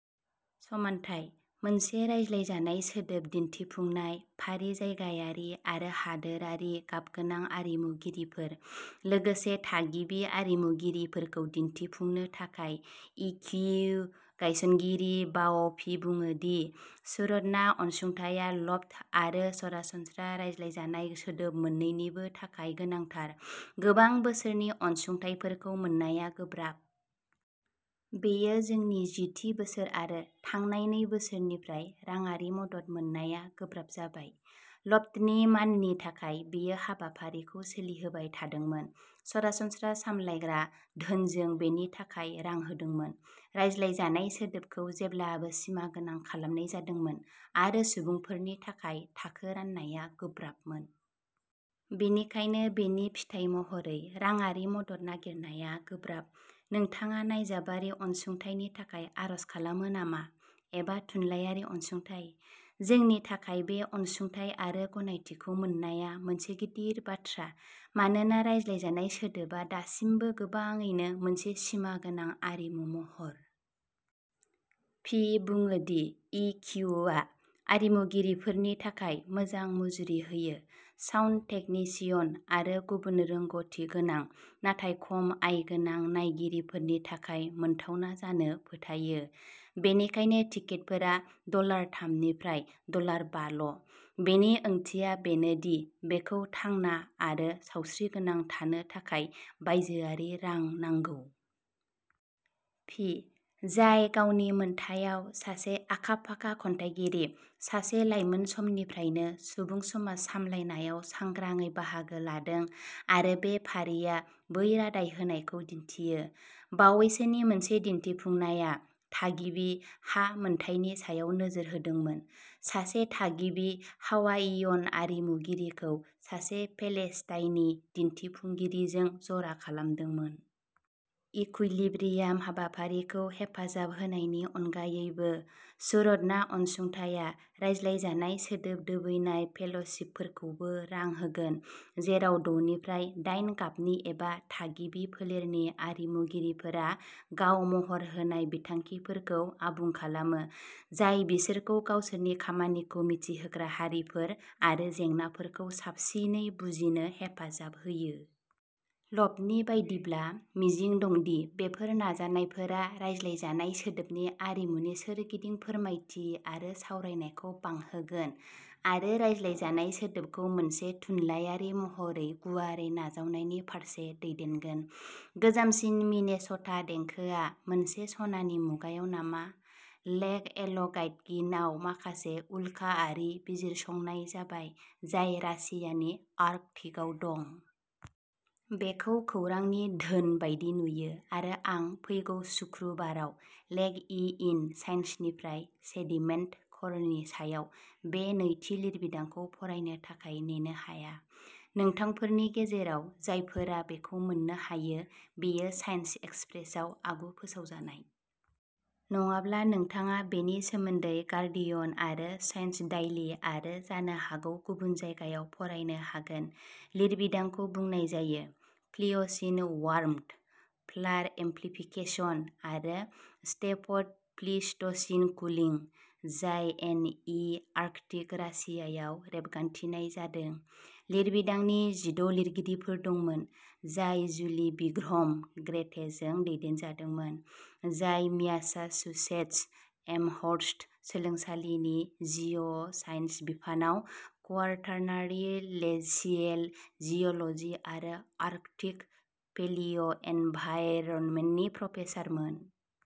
समानथाय -मोनसे रायज्लायजानाय सोदोब दिन्थिफुंनाय फारि-जायगायारि आरो हादोरारि गाबगोनां आरिमुगिरिफोर, लोगोसे थागिबि आरिमुगिरिफोरखौ दिन्थिफुंनो थाखाय। इक्यु गायसनगिरि बाअ'फि बुङो दि सुरदना अनसुंथाइआ लफ्ट आरो सरासनस्रा रायज्लायजानाय सोदोब मोन्नैनिबो थाखाय गोनांथार। गोबां बोसोरनि अनसुंथाइफोरखौ मोननाया गोब्राब। बेयो जोंनि जिथि बोसोर आरो थांनाय नै बोसोरनिफ्राय राङारि मदद मोन्नाया गोब्राब जाबाय। लफ्टनि माननि थाखाय बेयो हाबाफारिखौ सोलिहोबाय थादोंमोन, सरासनस्रा सामलायग्रा धोनजों बेनि थाखाय रां होदोंमोन। रायज्लायजानाय सोदोबखौ जेब्लाबो सिमागोनां खालामनाय जादोंमोन, आरो सुबुंफोरनि थाखाय थाखो राननाया गोब्राबमोन। बेनिखायनो बेनि फिथाय महरै राङारि मदद नागिरनाया गोब्राब-नोंथाङा नायजाबारि अनसुंथाइनि थाखाय आर'ज खालामो नामा? एबा थुनलाइआरि अनसुंथाइ? जोंनि थाखाय बे अनसुंथाइ आरो गनायथिखौ मोननाया मोनसे गिदिर बाथ्रा, मानोना रायज्लायजानाय सोदोबआ दासिमबो गोबाङैनो मोनसे सिमागोनां आरिमु महर। फि बुङो दि इक्युआ आरिमुगिरिफोरनि थाखाय मोजां मुजुरि होयो, साउन्ड टेकनिशियन आरो गुबुन रोंग'थि गोनां, नाथाय खम आय गोनां नायगिरिफोरनि थाखाय मोनथावना जानो फोथायो, बेनिखायनो टिकेटफोरा डलार थाम-डलार बा ल'। बेनि ओंथिया बेनो दि बेखौ थांना आरो सावस्रिगोनां थानो थाखाय बायजोआरि रां नांगौ। फि, जाय गावनि मोनथायाव सासे आखा-फाखा खन्थाइगिरि, सासे लाइमोन समनिफ्रायनो सुबुं समाज सामलायनायाव सांग्राङै बाहागो लादों, आरो बे फारिआ बै रादाय होनायखौ दिन्थियो। बावैसोनि मोनसे दिन्थिफुंनाया थागिबि हा मोनथायनि सायाव नोजोर होदोंमोन, सासे थागिबि हावाइयन आरिमुगिरिखौ सासे पेलेस्टाइनी दिन्थिफुंगिरिजों जरा खालामदोंमोन। इकुइलिब्रियाम हाबाफारिखौ हेफाजाब होनायनि अनगायैबो, सुरदना अनसुंथाइआ रायज्लायजानाय सोदोब दोबैनाय फेल'शिपफोरखौबो रां होगोन, जेराव द'निफ्राय दाइन गाबनि एबा थागिबि फोलेरनि आरिमुगिरिफोरा गाव-महर होनाय बिथांखिफोरखौ आबुं खालामो जाय बिसोरखौ गावसोरनि खामानिखौ मिथिहोग्रा हारिफोर आरो जेंनाफोरखौ साबसिनै बुजिनो हेफाजाब होयो। लफ्टनि बायदिब्ला, मिजिं दं दि बेफोर नाजानायफोरा रायज्लायजानाय सोदोबनि आरिमुनि सोरगिदिं फोरमायथि आरो सावरायनायखौ बांहोगोन, आरो रायज्लायजानाय सोदोबखौ मोनसे थुनलायारि महरै गुवारै नाजावनायनि फारसे दैदेनगोन। 'गोजामसिन मिनेस'टा देंखोआ मोनसे सनानि मुगायाव नामा? लेक एल'गाइटगिन आव माखासे "उल्काआरि बिजिरसंनाय" जाबाय, जाय रासियानि आर्कटिकआव दं। बेखौ खौरांनि धोन बायदि नुयो आरो आं फैगौ सुक्रुबाराव लेक इ इन साइन्सनिफ्राय सेडिमेन्ट क'रनि सायाव बे नैथि लिरबिदांखौ फरायनो थाखाय नेनो हाया। नोंथांफोरनि गेजेराव जायफोरा बेखौ मोन्नो हायो, बेयो साइन्स एक्सप्रेसआव आगु-फोसावजानाय। नङाब्ला, नोंथाङा बेनि सोमोन्दै गार्डियन आरो साइन्सडाइली आरो जानो हागौ गुबुन जायगायाव फरायनो हागोन। लिरबिदांखौ बुंनाय जायोः प्लिय'सिन वार्मथ, पलार एम्प्लिफिकेशन, आरो स्टेपड प्लिस्ट'सिन कुलिं, जाय एनई आर्कटिक रासियायाव रेबगान्थिनाय जादों। लिरबिदांनि जिद' लिरगिरिफोर दंमोन, जाय जुलि ब्रिघम-ग्रेटेजों दैदेनजादोंमोन, जाय म्यासाचुसेटस एमहर्स्ट मुलुगसोलोंसालिनि जिअ'साइन्स बिफानाव क्वाटार्नारि लेशियेल जिय'ल'जि आरो आर्कटिक पेलिय'एनभायरनमेन्टनि प्रफेसारमोन।